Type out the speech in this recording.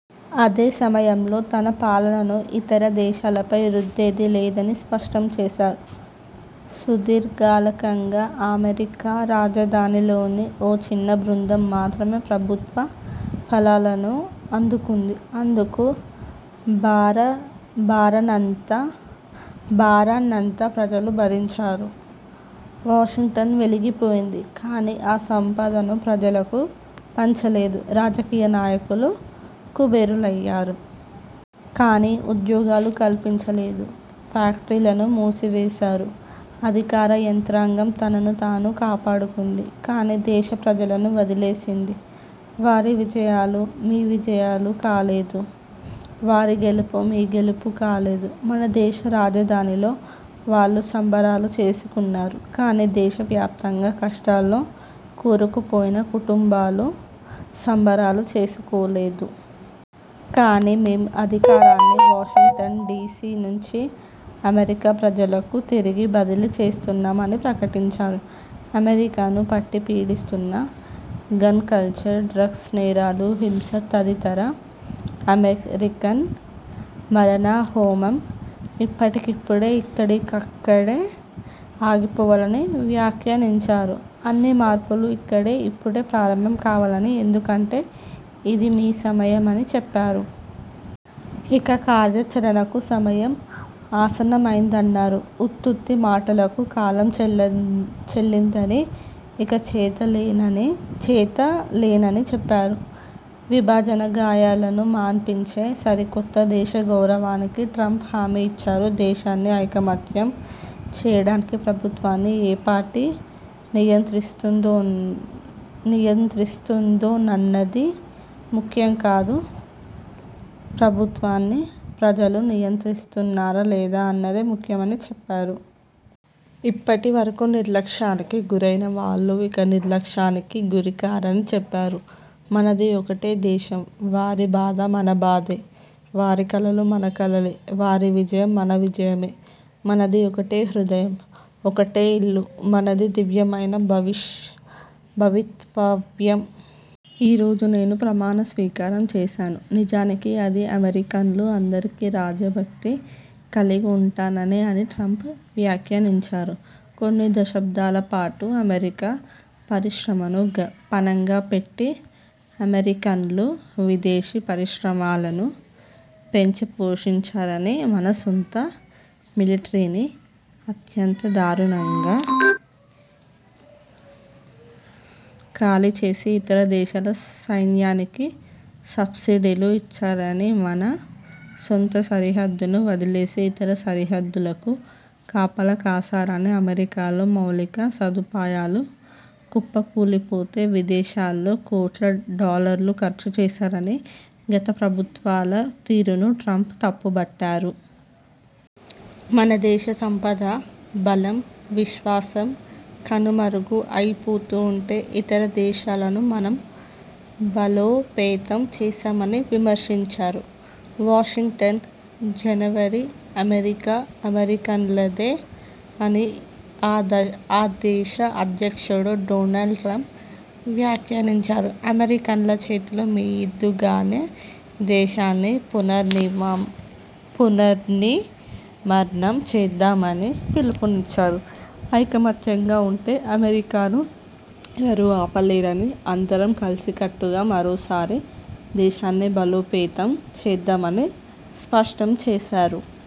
అదే సమయంలో, తన పాలనను ఇతర దేశాలపై రుద్దేది లేదని స్పష్టం చేశారు. ''సుదీర్ఘకాలంగా, అమెరికా రాజధానిలోని ఓ చిన్న బృందం మాత్రమే ప్రభుత్వ ఫలాలను అందుకుంది. అందుకు భారాన్నంతా ప్రజలు భరించారు. వాషింగ్టన్ వెలిగిపోయింది. కానీ, ఆ సంపదను ప్రజలకు పంచలేదు. రాజకీయ నాయకులు కుబేరులయ్యారు. కానీ, ఉద్యోగాలు కల్పించలేదు. ఫ్యాక్టరీలను మూసివేశారు. అధికార యంత్రాంగం తనను తాను కాపాడుకుంది. కానీ, దేశ ప్రజలను వదిలేసింది. వారి విజయాలు మీ విజయాలు కాలేదు. వారి గెలుపు మీ గెలుపు కాలేదు. మన దేశ రాజధానిలో వాళ్లు సంబరాలు చేసుకున్నారు. కానీ, దేశవ్యాప్తంగా కష్టాల్లో కూరుకుపోయిన కుటుంబాలు సంబరాలు చేసుకోలేదు. కానీ, మేం అధికారాన్ని వాషింగ్టన్ డీసీ నుంచి అమెరికా ప్రజలకు తిరిగి బదిలీ చేస్తున్నాం'' అని ప్రకటించారు. అమెరికాను పట్టి పీడిస్తున్న గన్ కల్చర్, డ్రగ్స్, నేరాలు, హింస తదితర అమెరికన్ మారణహోమం ఇప్పటికిప్పుడే, ఇక్కడికక్కడే ఆగిపోవాలని వ్యాఖ్యానించారు. అన్ని మార్పులు ఇక్కడే, ఇప్పుడే ప్రారంభం కావాలని, ఎందుకంటే, ఇది మీ సమయమని చెప్పారు. ఇక కార్యాచరణకు సమయం ఆసన్నమైందన్నారు. ఉత్తుత్తి మాటలకు కాలం చెల్లిందని, ఇక చేతలేనని చెప్పారు. విభజన గాయాలను మాన్పించే సరికొత్త దేశ గౌరవానికి ట్రంప్ హామీ ఇచ్చారు. దేశాన్ని ఐకమత్యం చేయడానికి ప్రభుత్వాన్ని ఏ పార్టీ నియంత్రిస్తోందన్నది ముఖ్యం కాదని, ప్రభుత్వాన్ని ప్రజలు నియంత్రిస్తున్నారా లేదా అన్నదే ముఖ్యమని చెప్పారు. ఇప్పటి వరకూ నిర్లక్ష్యానికి గురైన వాళ్లు ఇక నిర్లక్ష్యానికి గురి కారని చెప్పారు. ''మనది ఒకటే దేశం. వారి బాధ మన బాధే. వారి కలలు మన కలలే. వారి విజయం మన విజయమే. మనది ఒకటే హృదయం. ఒకటే ఇల్లు. మనది దివ్యమైన భవితవ్యం. ఈరోజు నేను ప్రమాణ స్వీకారం చేశాను. నిజానికి అది అమెరికన్లు అందరికీ రాజభక్తి కలిగి ఉంటాననే'' అని ట్రంప్ వ్యాఖ్యానించారు. కొన్ని దశాబ్దాలపాటు అమెరికా పరిశ్రమను పణంగా పెట్టి అమెరికన్లు విదేశీ పరిశ్రమలను పెంచిపోషించారని, మన సొంత మిలటరీని అత్యంత దారుణంగా ఖాళీ చేసి, ఇతర దేశాల సైన్యానికి సబ్సిడీలు ఇచ్చారని, మన సొంత సరిహద్దును వదిలేసి ఇతర సరిహద్దులకు కాపలా కాశారని, అమెరికాలో మౌలిక సదుపాయాలు కుప్పకూలిపోతే, విదేశాల్లో కోట్ల డాలర్లు ఖర్చు చేశారని గత ప్రభుత్వాల తీరును ట్రంప్ తప్పుబట్టారు. మన దేశ సంపద, బలం, విశ్వాసం కనుమరుగు అయిపోతూ ఉంటే ఇతర దేశాలను మనం బలోపేతం చేశామని విమర్శించారు. వాషింగ్టన్, జనవరి: అమెరికా అమెరికన్లదే అని ఆ దేశ అధ్యక్షుడు డొనాల్డ్ ట్రంప్ వ్యాఖ్యానించారు. అమెరికన్ల చేతుల మీదుగానే దేశాన్ని పునర్నిర్మాణం చేద్దామని పిలుపునిచ్చారు. ఐకమత్యంగా ఉంటే అమెరికాను ఎవరూ ఆపలేరని, అందరం కలిసికట్టుగా మరోసారి దేశాన్ని బలోపేతం చేద్దామని స్పష్టం చేశారు.